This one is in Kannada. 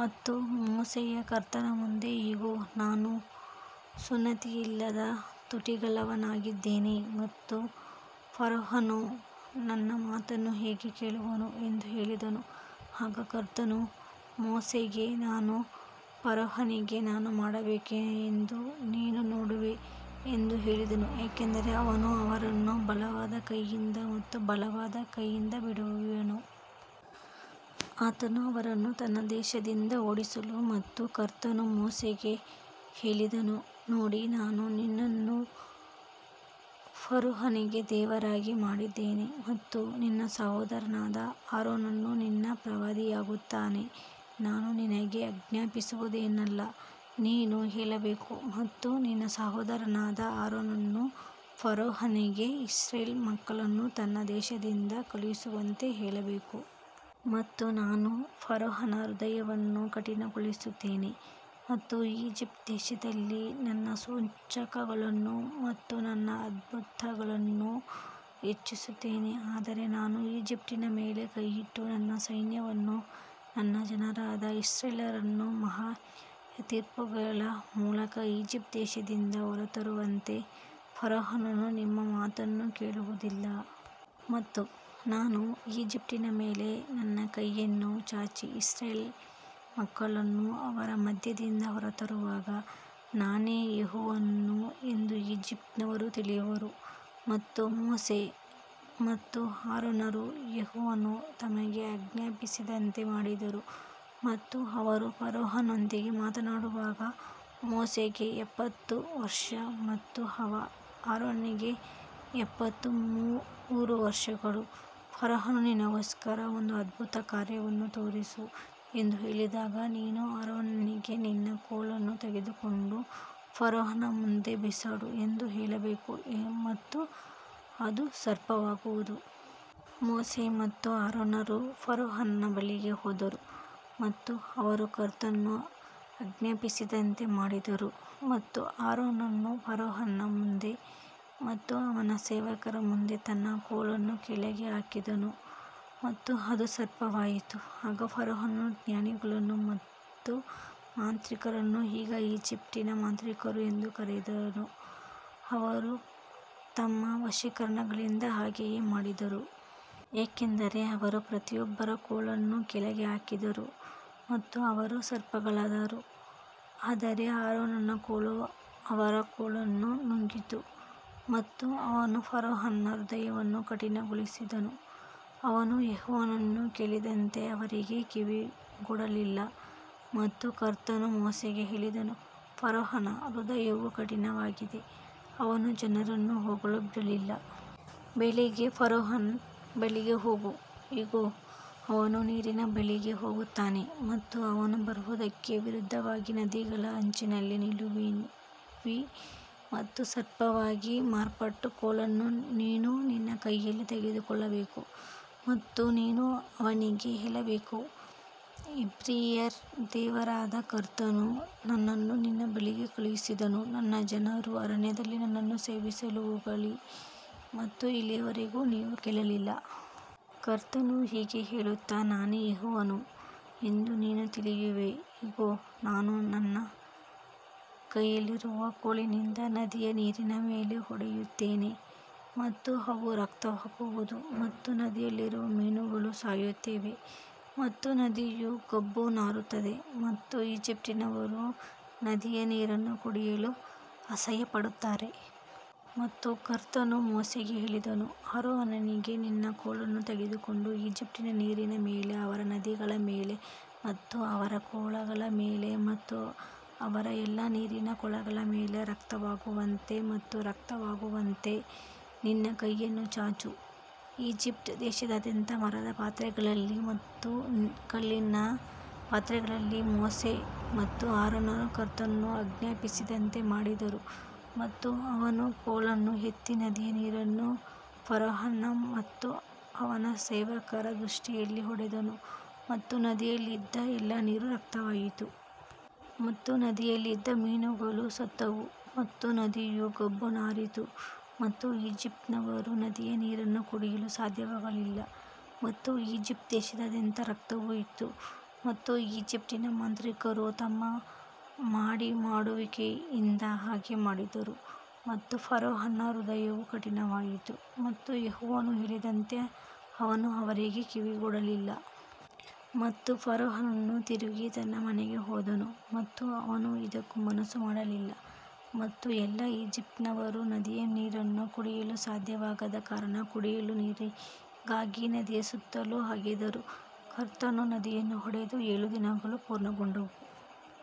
ಮತ್ತು ಮೋಶೆಯು ಕರ್ತನ ಮುಂದೆ ಇಗೋ ನಾನು ಸುನ್ನತಿಯಿಲ್ಲದ ತುಟಿಗಳವನಾಗಿದ್ದೇನೆ ಮತ್ತು ಫರೋಹನು ನನ್ನ ಮಾತನ್ನು ಹೇಗೆ ಕೇಳುವನು ಎಂದು ಹೇಳಿದನು, ಆಗ ಕರ್ತನು ಮೋಶೆಗೆ ನಾನು ಫರೋಹನಿಗೆ ಏನು ಮಾಡಬೇಕೆಂದು ನೀನು ನೋಡುವೆ ಎಂದು ಹೇಳಿದನು ಏಕೆಂದರೆ ಅವನು ಅವರನ್ನು ಬಲವಾದ ಕೈಯಿಂದ ಮತ್ತು ಬಲವಾದ ಕೈಯಿಂದ ಬಿಡುವನು. ಆತನು ಅವರನ್ನು ತನ್ನ ದೇಶದಿಂದ ಓಡಿಸಲಿ ಮತ್ತು ಕರ್ತನು ಮೋಶೆಗೆ ಹೇಳಿದನು ನೋಡಿ ನಾನು ನಿನ್ನನ್ನು ಫರೋಹನಿಗೆ ದೇವರಾಗಿ ಮಾಡಿದ್ದೇನೆ ಮತ್ತು ನಿನ್ನ ಸಹೋದರನಾದ ಆರೋನನು ನಿನ್ನ ಪ್ರವಾದಿಯಾಗುತ್ತಾನೆ. ನಾನು ನಿನಗೆ ಆಜ್ಞಾಪಿಸುವುದನ್ನೆಲ್ಲಾ ನೀನು ಹೇಳಬೇಕು ಮತ್ತು ನಿನ್ನ ಸಹೋದರನಾದ ಆರೋನನು ಫರೋಹನಿಗೆ ಇಸ್ರಾಯೇಲ್ ಮಕ್ಕಳನ್ನು ತನ್ನ ದೇಶದಿಂದ ಕಳುಹಿಸುವಂತೆ ಹೇಳಬೇಕು. ಮತ್ತು ನಾನು ಫರೋಹನ ಹೃದಯವನ್ನು ಕಠಿಣಗೊಳಿಸುತ್ತೇನೆ ಮತ್ತು ಈಜಿಪ್ಟ್ ದೇಶದಲ್ಲಿ ನನ್ನ ಸೂಚಕಗಳನ್ನು ಮತ್ತು ನನ್ನ ಅದ್ಭುತಗಳನ್ನು ಹೆಚ್ಚಿಸುತ್ತೇನೆ ಆದರೆ ನಾನು ಈಜಿಪ್ಟಿನ ಮೇಲೆ ಕೈಯಿಟ್ಟು ನನ್ನ ಸೈನ್ಯವನ್ನೂ ನನ್ನ ಜನರಾದ ಇಸ್ರಾಯೇಲ್ಯರನ್ನೂ ಮಹಾ ನ್ಯಾಯತೀರ್ಪುಗಳ ಮೂಲಕ ಈಜಿಪ್ಟ್ ದೇಶದಿಂದ ಹೊರತರುವಂತೆ ಫರೋಹನು ನಿಮ್ಮ ಮಾತನ್ನು ಕೇಳುವದಿಲ್ಲ. ಮತ್ತು ನಾನು ಈಜಿಪ್ಟಿನ ಮೇಲೆ ನನ್ನ ಕೈಯನ್ನು ಚಾಚಿ ಇಸ್ರಾಯೇಲ್ ಮಕ್ಕಳನ್ನು ಅವರ ಮಧ್ಯದಿಂದ ಹೊರತರುವಾಗ ನಾನೇ ಯೆಹೋವನು ಎಂದು ಈಜಿಪ್ಟಿನವರು ತಿಳಿಯುವರು. ಮತ್ತು ಮೋಶೆ ಮತ್ತು ಆರೋನರು ಯೆಹೋವನು ತಮಗೆ ಆಜ್ಞಾಪಿಸಿದಂತೆ ಮಾಡಿದರು ಮತ್ತು ಅವರು ಫರೋಹನೊಂದಿಗೆ ಮಾತನಾಡುವಾಗ ಮೋಶೆಗೆ ಎಪ್ಪತ್ತು ವರ್ಷ ಮತ್ತು ಆರೋನನಿಗೆ ಎಪ್ಪತ್ತು ಮೂರು ವರ್ಷಗಳು ಫರೋಹನು ನಿನಗೋಸ್ಕರ ಒಂದು ಅದ್ಭುತಕಾರ್ಯವನ್ನು ತೋರಿಸು ಎಂದು ಹೇಳಿದಾಗ ನೀನು ಆರೋನನಿಗೆ ನಿನ್ನ ಕೋಲನ್ನು ತೆಗೆದುಕೊಂಡು ಫರೋಹನ ಮುಂದೆ ಬಿಸಾಡು ಎಂದು ಹೇಳಬೇಕು ಮತ್ತು ಅದು ಸರ್ಪವಾಗುವುದು. ಮೋಶೆ ಮತ್ತು ಆರೋನರು ಫರೋಹನ ಬಳಿಗೆ ಹೋದರು ಮತ್ತು ಅವರು ಕರ್ತನು ಆಜ್ಞಾಪಿಸಿದಂತೆ ಮಾಡಿದರು ಮತ್ತು ಆರೋನನು ಫರೋಹನ ಮುಂದೆ ಮತ್ತು ಅವನ ಸೇವಕರ ಮುಂದೆ ತನ್ನ ಕೋಲನ್ನು ಕೆಳಗೆ ಹಾಕಿದನು ಮತ್ತು ಅದು ಸರ್ಪವಾಯಿತು. ಆಗ ಫರೋಹನು ಜ್ಞಾನಿಗಳನ್ನು ಮತ್ತು ಮಾಂತ್ರಿಕರನ್ನು ಈಗ ಈಜಿಪ್ಟಿನ ಮಾಂತ್ರಿಕರು ಎಂದು ಕರೆದನು, ಅವರು ತಮ್ಮ ವಶೀಕರಣಗಳಿಂದ ಹಾಗೆಯೇ ಮಾಡಿದರು. ಯಾಕಂದರೆ ಅವರು ಪ್ರತಿಯೊಬ್ಬರ ಕೋಲನ್ನು ಕೆಳಗೆ ಹಾಕಿದರು ಮತ್ತು ಅವರು ಸರ್ಪಗಳಾದರು ಆದರೆ ಆರೋನನ ಕೋಲು ಅವರ ಕೋಲುಗಳನ್ನು ನುಂಗಿತು. ಮತ್ತು ಅವನು ಫರೋಹನ ಹೃದಯವನ್ನು ಕಠಿಣಗೊಳಿಸಿದನು, ಅವನು ಯೆಹೋವನು ಹೇಳಿದಂತೆ ಅವರಿಗೆ ಕಿವಿಗೊಡಲಿಲ್ಲ ಮತ್ತು ಕರ್ತನು ಮೋಶೆಗೆ ಹೇಳಿದನು, ಫರೋಹನ ಹೃದಯವು ಕಠಿಣವಾಗಿದೆ, ಅವನು ಜನರನ್ನು ಹೋಗಲು ಬಿಡಲಿಲ್ಲ. ಬೆಳಿಗ್ಗೆ ಫರೋಹನ ಬಳಿಗೆ ಹೋಗು, ಇಗೋ ಅವನು ನೀರಿನ ಬಳಿಗೆ ಹೋಗುತ್ತಾನೆ ಮತ್ತು ಅವನು ಬರುವುದಕ್ಕೆ ವಿರುದ್ಧವಾಗಿ ನದಿಗಳ ಅಂಚಿನಲ್ಲಿ ನಿಲ್ಲುವಿ ಮತ್ತು ಸರ್ಪವಾಗಿ ಮಾರ್ಪಟ್ಟ ಕೋಲನ್ನು ನೀನು ನಿನ್ನ ಕೈಯಲ್ಲಿ ತೆಗೆದುಕೊಳ್ಳಬೇಕು. ಮತ್ತು ನೀನು ಅವನಿಗೆ ಹೇಳಬೇಕು, ಇಬ್ರಿಯರ ದೇವರಾದ ಕರ್ತನು ನನ್ನನ್ನು ನಿನ್ನ ಬಳಿಗೆ ಕಳುಹಿಸಿದನು ನನ್ನ ಜನರು ಅರಣ್ಯದಲ್ಲಿ ನನ್ನನ್ನು ಸೇವಿಸಲು ಹೋಗಲಿ ಮತ್ತು ಇಲ್ಲಿಯವರೆಗೆ ನೀವು ಕೇಳಲಿಲ್ಲ. ಕರ್ತನು ಹೀಗೆ ಹೇಳುತ್ತ ನಾನೇ ಯೆಹೋವನು ಎಂದು ನೀನು ತಿಳಿಯುವೆ ಇಗೋ ನಾನು ನನ್ನ ಕೈಯಲ್ಲಿರುವ ಕೋಲಿನಿಂದ ನದಿಯ ನೀರಿನ ಮೇಲೆ ಹೊಡೆಯುತ್ತೇನೆ ಮತ್ತು ಅವು ರಕ್ತವಾಗುವುದು ಮತ್ತು ನದಿಯಲ್ಲಿರುವ ಮೀನುಗಳು ಸಾಯುತ್ತವೆ ಮತ್ತು ನದಿಯು ಗಬ್ಬು ನಾರುತ್ತದೆ ಮತ್ತು ಈಜಿಪ್ಟಿನವರು ನದಿಯ ನೀರನ್ನು ಕುಡಿಯಲು ಅಸಹ್ಯಪಡುತ್ತಾರೆ. ಮತ್ತು ಕರ್ತನು ಮೋಶೆಗೆ ಹೇಳಿದನು ಆರೋನನಿಗೆ ನಿನ್ನ ಕೋಲನ್ನು ತೆಗೆದುಕೊಂಡು ಈಜಿಪ್ಟಿನ ನೀರಿನ ಮೇಲೆ ಅವರ ನದಿಗಳ ಮೇಲೆ ಮತ್ತು ಅವರ ಕೊಳಗಳ ಮೇಲೆ ಮತ್ತು ಅವರ ಎಲ್ಲಾ ನೀರಿನ ಕೊಳಗಳ ಮೇಲೆ ರಕ್ತವಾಗುವಂತೆ ಮತ್ತು ರಕ್ತವಾಗುವಂತೆ ನಿನ್ನ ಕೈಯನ್ನು ಚಾಚು. ಈಜಿಪ್ಟ್ ದೇಶದಾದ್ಯಂತ ಮರದ ಪಾತ್ರೆಗಳಲ್ಲಿ ಮತ್ತು ಕಲ್ಲಿನ ಪಾತ್ರೆಗಳಲ್ಲಿ ಮೋಶೆ ಮತ್ತು ಆರೋನರು ಕರ್ತನು ಆಜ್ಞಾಪಿಸಿದಂತೆ ಮಾಡಿದರು ಮತ್ತು ಅವನು ಕೋಲನ್ನು ಎತ್ತಿ ನದಿಯ ನೀರನ್ನು ಫರೋಹನ ಮತ್ತು ಅವನ ಸೇವಕರ ದೃಷ್ಟಿಯಲ್ಲಿ ಹೊಡೆದನು ಮತ್ತು ನದಿಯಲ್ಲಿದ್ದ ಎಲ್ಲಾ ನೀರು ರಕ್ತವಾಯಿತು. ಮತ್ತು ನದಿಯಲ್ಲಿದ್ದ ಮೀನುಗಳು ಸತ್ತವು ಮತ್ತು ನದಿಯು ಗಬ್ಬು ನಾರಿತು ಮತ್ತು ಈಜಿಪ್ಟಿನವರು ನದಿಯ ನೀರನ್ನು ಕುಡಿಯಲು ಸಾಧ್ಯವಾಗಲಿಲ್ಲ ಮತ್ತು ಈಜಿಪ್ಟ್ ದೇಶದಾದ್ಯಂತ ರಕ್ತವು ಇತ್ತು. ಮತ್ತು ಈಜಿಪ್ಟಿನ ಮಾಂತ್ರಿಕರು ತಮ್ಮ ಮೋಡಿಮಾಡುವಿಕೆಯಿಂದ ಹಾಗೆ ಮಾಡಿದರು ಮತ್ತು ಫರೋಹನ ಹೃದಯವು ಕಠಿಣವಾಯಿತು ಮತ್ತು ಯೆಹೋವನು ಹೇಳಿದಂತೆ ಅವನು ಅವರಿಗೆ ಕಿವಿಗೊಡಲಿಲ್ಲ. ಮತ್ತು ಫರೋಹನು ತಿರುಗಿ ತನ್ನ ಮನೆಗೆ ಹೋದನು ಮತ್ತು ಅವನು ಇದಕ್ಕೂ ಮನಸ್ಸು ಮಾಡಲಿಲ್ಲ ಮತ್ತು ಎಲ್ಲಾ ಈಜಿಪ್ಟಿನವರು ನದಿಯ ನೀರನ್ನು ಕುಡಿಯಲು ಸಾಧ್ಯವಾಗದ ಕಾರಣ ಕುಡಿಯಲು ನೀರಿಗಾಗಿ ನದಿಯ ಸುತ್ತಲೂ ಅಗೆದರು. ಕರ್ತನು ನದಿಯನ್ನು ಹೊಡೆದು ಏಳು ದಿನಗಳು ಪೂರ್ಣಗೊಂಡವು.